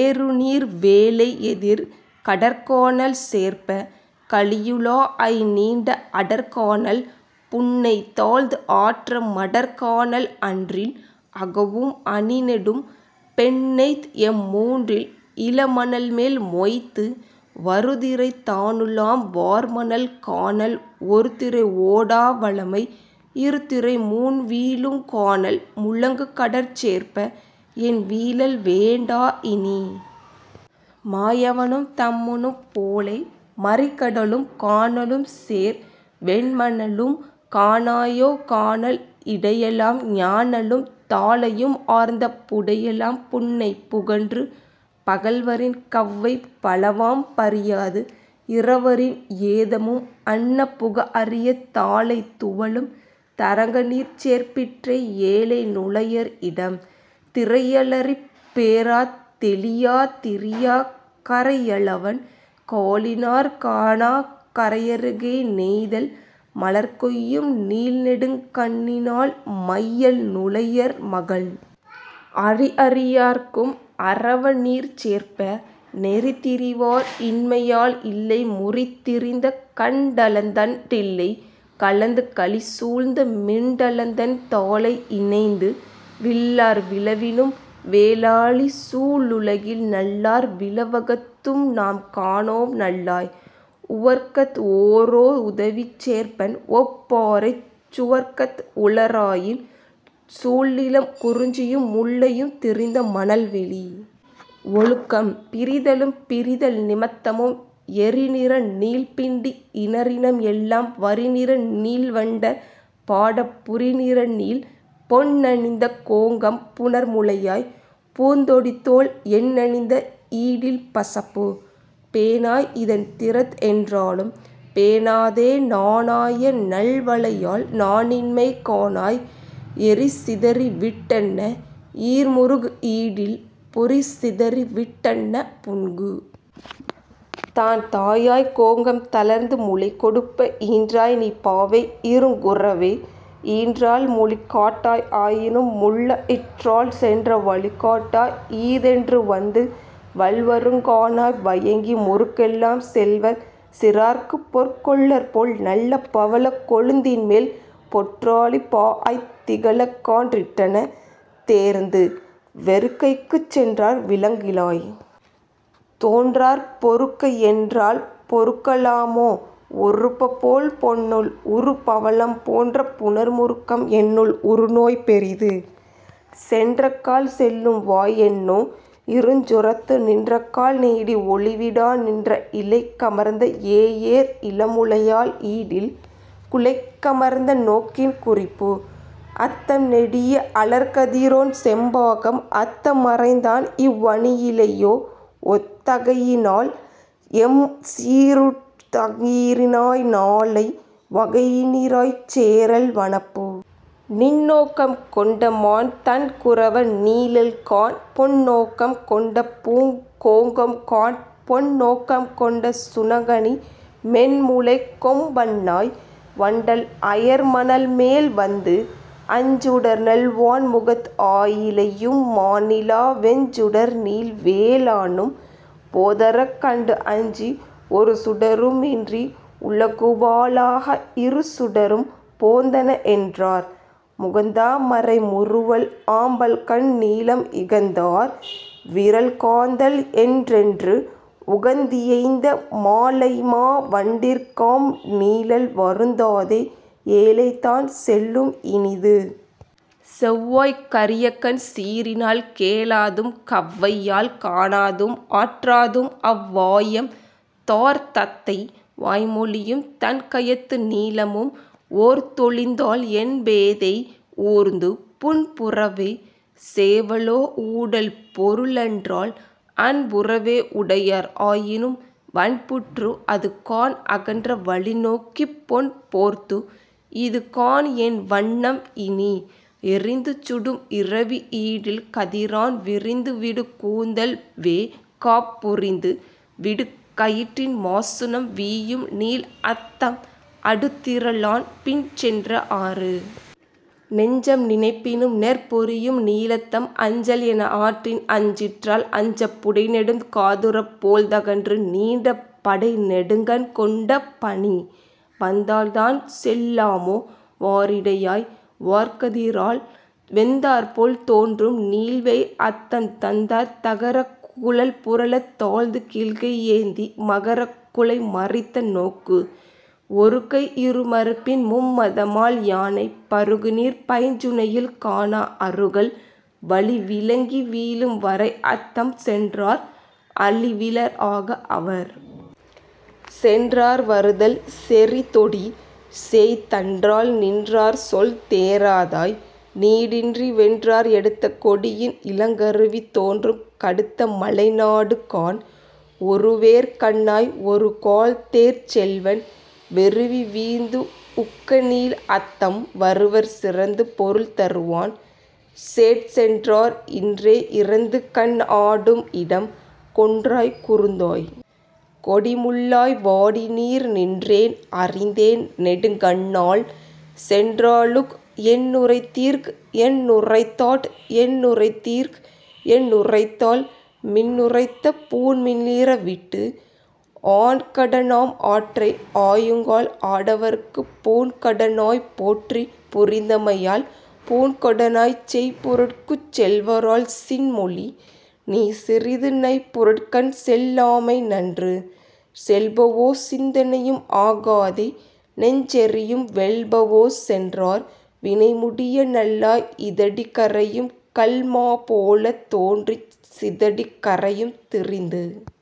ஏறுநீர் வேலை எதிர். கடற்கானல் சேர்ப்ப! கழியுலாஅய் நீண்ட அடற்கானல் புன்னைதாழ்ந் ஆற்ற மடற்கானல் அன்றில் அகவும் அணிநெடும் பெண்ணைத்எம் முன்றில் இளமணல்மேல் மொய்த்து. வருதிரை தானுலாம் வார்மணல் கானல் ஒருதிரை ஓடா வளமை இருதிரை மூன்வீழுங் கானல் முழங்கு கடற்சேர்ப்ப! என்வீழல் வேண்டா இனி. மாயவனும் தம்முனும் போலே மறிகடலும் கானலும்சேர் வெண்மணலும் காணாயோ கானல் இடையெலாம் ஞாழலும் தாழையும் ஆர்ந்த புடையெலாம் புன்னை புகன்று? பகல்வரின் கவ்வை பலவாம் பரியாது இரவரின் ஏதமும் அன்ன புகஅரிய தாழை துவளும் தரங்கநீர்ச் சேர்ப்பிற்றே ஏழை நுளையர் இடம். திரையலறிப் பேராத் தெழியாத் திரியாக் கரையலவன் காலினாற் கானாக் கரையருகே நெய்தல் மலர்கொய்யும் நீள்நெடுங் கண்ணினாள் மைய்யல் நுளையர் மகள். அறிஅரி யார்க்கும் அரவ நீர்ச் சேர்ப்ப! நெறிதிரிவார் இன்மையால் இல்லை முறிதிரிந்த கண்டலந்தண் டில்லை கலந்து கழிசூழ்ந்த மிண்டலந்தண் தாழை இணைந்து. வில்லார் விழவினும் வேலாழி சூழுலகில் நல்லார் விழவகத்தும் நாம்காணோம் நல்லாய்! உவர்கத் ஒரோஉதவிச் சேர்ப்பன்ஒப் பாரைச் சுவர்கத் உளராயின் சூழ். நிலம்: குறிஞ்சியும் முல்லையும் திரிந்த மணல்வெளி. ஒழுக்கம்: பிரிதலும் பிரிதல் நிமத்தமும். எரிநிற நீள்பிண்டி இணரினம் எல்லாம் வரிநிற நீள்வண்டர் பாடப் புரிநிறநீள் பொன்னணிந்த கோங்கம் புணர் முலையாய்! பூந்தொடித்தோள் என்னணிந்த ஈடில் பசப்பு? பேணாய் இதன்திறத் என்றாலும் பேணாதே நாணாய நல்வளையாய் நாணிண்மை காணாய் எரிசிதறி விட்டன்ன ஈர்முருக் ஈடில் பொரிசிதறி விட்டன்ன புன்கு. தான்தாயாக் கோங்கம் தளர்ந்து முலைகொடுப்ப ஈன்றாய்நீ பாவை இருங் குரவே! ஈன்றாள் மொழிகாட்டாய் ஆயினும் முள்ளயிற்றாள் சென்ற வழிகாட்டாய் ஈதென்று வந்து. வல்வருங் காணாய் வயங்கி முருக்கெல்லாம் செல்வர் சிறார்க்குப்பொற் கொல்லர்போல் நல்ல பவளக் கொழுந்தின்மேல் பொற்றாலி பாஅய்த் திகழக்கான் றிட்டன தேர்ந்து! வெறுக்கைக்குச் சென்றார் விளங்கிழாய்! தோன்றார் பொறுக்கஎன் றால்பொறுக்க லாமோ? ஒறுப்பபோல் பொன்னுள் உறுபவளம் போன்ற புணர்முருக்கம் என்னுள் உறுநோய் பெரிது! சென்றக்கால் செல்லும்வாய் என்னோ? இருஞ்சுரத்து நின்றக்கால் நீடி ஒளிவிடா நின்ற இழைக்கமர்ந்த ஏஏர் இளமுலையாள் ஈடில் குழைக்கமர்ந்த நோக்கின் குறிப்பு! அத்தம் நெடிய அழற்கதிரோன் செம்பாகம் அத்தமறைந் தான்இவ் அணியிழையோ ஒத்த தகையினால் எம்சீறூர்த் தங்கினிராய் நாளை வகையினிராய்ச் சேறல் வனப்பு. நின்நோக்கம் கொண்டமான் தண்குரவ நீழல்காண் பொன்நோக்கம் கொண்டபூங் கோங்கம்காண் பொன் நோக்கம் கொண்ட சுணங்கணி மென்முலைக் கொம்பன்னாய்! வண்டல் அயர்மணல்மேல் வந்து! அஞ்சுடர்நள் வாண்முகத் ஆயிழையும் மாநிலா வெஞ்சுடர்நீள் வேலானும் போதரக் கண்டு அஞ்சி ஒருசுடரும் இன்றி உலகுபா ழாக இருசுடரும் போந்தனஎன் றார். முகந்தா மரைமுறுவல் ஆம்பல்கண் நீலம் இகந்தார் விரல்காந்தள் என்றென்று உகந்தியைந்த மாழைமா வண்டிற்காம் நீழல் வருந்தாதே ஏழைதான் செல்லும் இனிது. செவ்வாய்க் கரியகண் சீரினால் கேளாதும் கவ்வையால் காணாதும் ஆற்றாதும் அவ் வாயம் தார்த்தத்தை வாய்மொழியும் தண்கயத்து நீலமும் ஓர்த்தொழிந்தாள் என்பேதை ஊர்ந்து. புன்புறவே! சேவலோ ஊடல் பொருளன்றால் அன்புறவே உடையார் ஆயினும் வன்புற்று அதுகாண் அகன்ற வழிநோக்கிப் பொன்போர்த்து இதுகாண்என் வண்ணம் இனி! எரிந்து சுடும்இரவி ஈடில் கதிரான் விரிந்து விடுகூந்தல் வெ·காப் புரிந்து விடுகயிற்றின் மாசுணம் வீயும்நீள் அத்தம் அடுதிறலான் பின் சென்ற ஆறு. நெஞ்சம் நினைப்பினும் நெற்பொரியும் நீளத்தம் அஞ்சல் எனஆற்றின் அஞ்சிற்றால் அஞ்சப் புடைநெடும் காதுறப் போழ்ந்தகன்று நீண்ட படைநெடுங்கண் கொண்ட பனி. வந்தால்தான் செல்லாமோ வாரிடையாய்! வார்கதிரால் வெந்தாற்போல் தோன்றும்நீள் வேய்அத்தம் தந்தார் தகரக் குழல்புரளத் தாழ்துகில்கை யேந்தி மகரக் குழைமறித்த நோக்கு? ஒருகை, இருமருப்பின் மும்மதமால் யானை பருகுநீர் பைஞ்சுனையில் காணா அருகல் வழிவிலங்கி வீழும் வரைஅத்தம் சென்றார் அழிவிலர் ஆக அவர்! சென்றார் வருதல் செறிதொடி! சேய்த்தன்றால் நின்றார்சொல் தேறாதாய்! நீடின்றி வென்றார் எடுத்த கொடியின் இலங்கருவி தோன்றும் கடுத்த மலைநாடு காண்! உருவேற் கண்ணாய்! ஒரு கால்தேர்ச் செல்வன் வெருவிவீந்து உக்கநீள் அத்தம் வருவர் சிறந்து பொருள்தருவான் சேட்சென்றார் இன்றே இறந்துகண் ஆடும் இடம். கொன்றாய்! குருந்தாய்! கொடி முல்லாய்! வாடினீர் நின்றேன் அறிந்தேன் நெடுங்கண்ணாள் சென்றாளுக் என்னுரைத்தீர்க் என்னுரைத்தாட் என்னுரைத்தீர்க் என்னுரைத்தாள் மின்னுரைத்த பூண்மிளிர விட்டு? ஆண்கட னாம்ஆற்றை ஆயுங்கால் ஆடவர்க்குப் பூண்கடனாப் போற்றிப் புரிந்தமையால் பூண்கடனாச் செய்பொருட்குச் செல்வரால் சின்மொழி! நீசிறிது நைபொருட்கண் செல்லாமை நன்று. செல்பவோ சிந்தனையும் ஆகாதே நெஞ்செரியும் வெல்பவோ சென்றார் வினைமுடிய நல்லாய் இதடி கரையும்கல் மாபோலத் தோன்றுச் சிதடி கரையும் திரிந்து.।